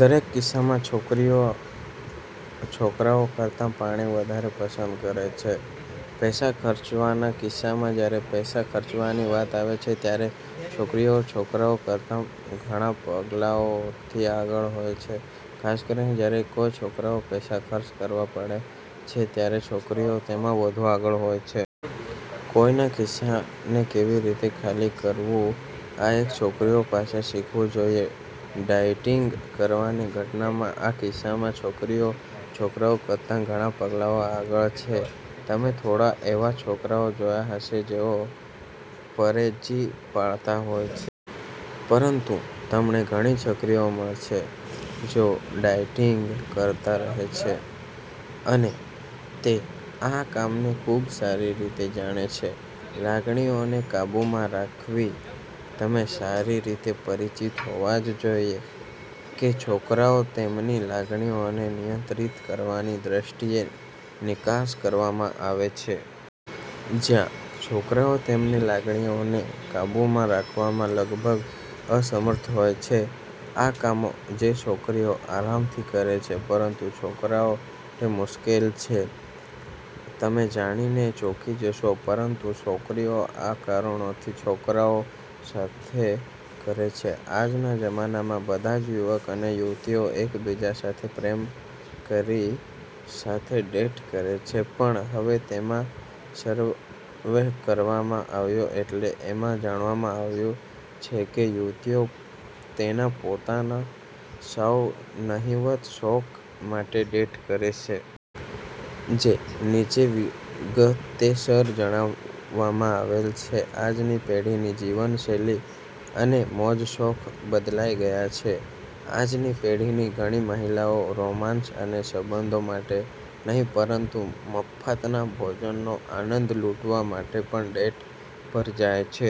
દરેક કિસ્સામાં છોકરીઓ છોકરાઓ કરતા પાણી વધારે પસંદ કરે છે. પૈસા ખર્ચવાના કિસ્સામાં: જ્યારે પૈસા ખર્ચવાની વાત આવે છે, ત્યારે છોકરીઓ છોકરાઓ કરતા ઘણા પગલાઓથી આગળ હોય છે. ખાસ કરીને જ્યારે કોઈ છોકરાએ પૈસા ખર્ચ કરવા પડે છે ત્યારે છોકરીઓ તેમાં વધુ આગળ હોય છે. કોઈના ખિસ્સાને કેવી રીતે ખાલી કરવું, આ એક છોકરીઓ પાસેથી શીખવું જોઈએ. ડાયટિંગ કરવાની ઘટનામાં: આ કિસ્સામાં, છોકરીઓ છોકરાઓ કરતા ઘણા પગલાઓ આગળ છે. તમે થોડા એવા છોકરાઓ જોયા હશે જેઓ પરેજી પાળતા હોય છે. પરંતુ તમને ઘણી છોકરીઓ મળશે જેઓ ડાયેટિંગ કરતા રહે છે. અને તે આ કામને ખૂબ સારી રીતે જાણે છે. લાગણીઓને કાબૂમાં રાખવી: તમે સારી રીતે પરિચિત હોવા જ જોઈએ કે છોકરીઓ તેમની લાગણીઓને નિયંત્રિત કરવાની દ્રષ્ટિએ નિકાસ કરવામાં આવે છે. જ્યાં છોકરાઓ તેમની લાગણીઓને કાબૂમાં રાખવામાં લગભગ અસમર્થ હોય છે. "આ કામો જે છોકરીઓ આરામથી કરે છે, પરંતુ છોકરાઓ માટે મુશ્કેલ છે". તમે જાણી ને ચોંકી જશો, પરંતુ છોકરીઓ આ કારણોથી છોકરાઓ સાથે કરે છે આજના જમાનામાં બધા જ યુવક અને યુવતીઓં એક બીજા સાથે પ્રેમ કરી સાથે ડેટ કરે છે, પણ હવે તેમાં સર્વે કરવામાં આવ્યો એટલે એમાં જાણવામાં આવ્યું છે કે યુવતીઓં તેના પોતાના સાઉ નહીવત શોખ માટે ડેટ કરે છે. જે નીચે વિગતેસર જણાવવામાં આવેલ છે. આજની પેઢીની જીવનશૈલી અને મોજશોખ બદલાઇ ગયા છે. આજની પેઢીની ઘણી મહિલાઓ રોમાંસ અને સંબંધો માટે નહીં, પરંતુ મફતના ભોજનનો આનંદ લૂંટવા માટે પણ ડેટ પર જાય છે.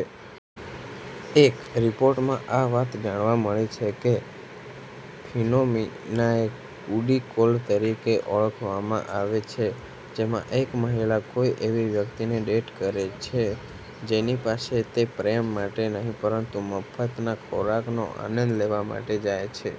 એક રિપોર્ટમાં આ વાત જાણવા મળી છે કે, ફિનોમિનાએ ફૂડી કૉલ તરીકે ઓળખવામાં આવે છે. જેમાં એક મહિલા કોઇ એવી વ્યક્તિને ડેટ કરે છે, જેની પાસે તે પ્રેમ માટે નહીં, પરંતુ મફતના ખોરાકનો આનંદ લેવા જાય છે.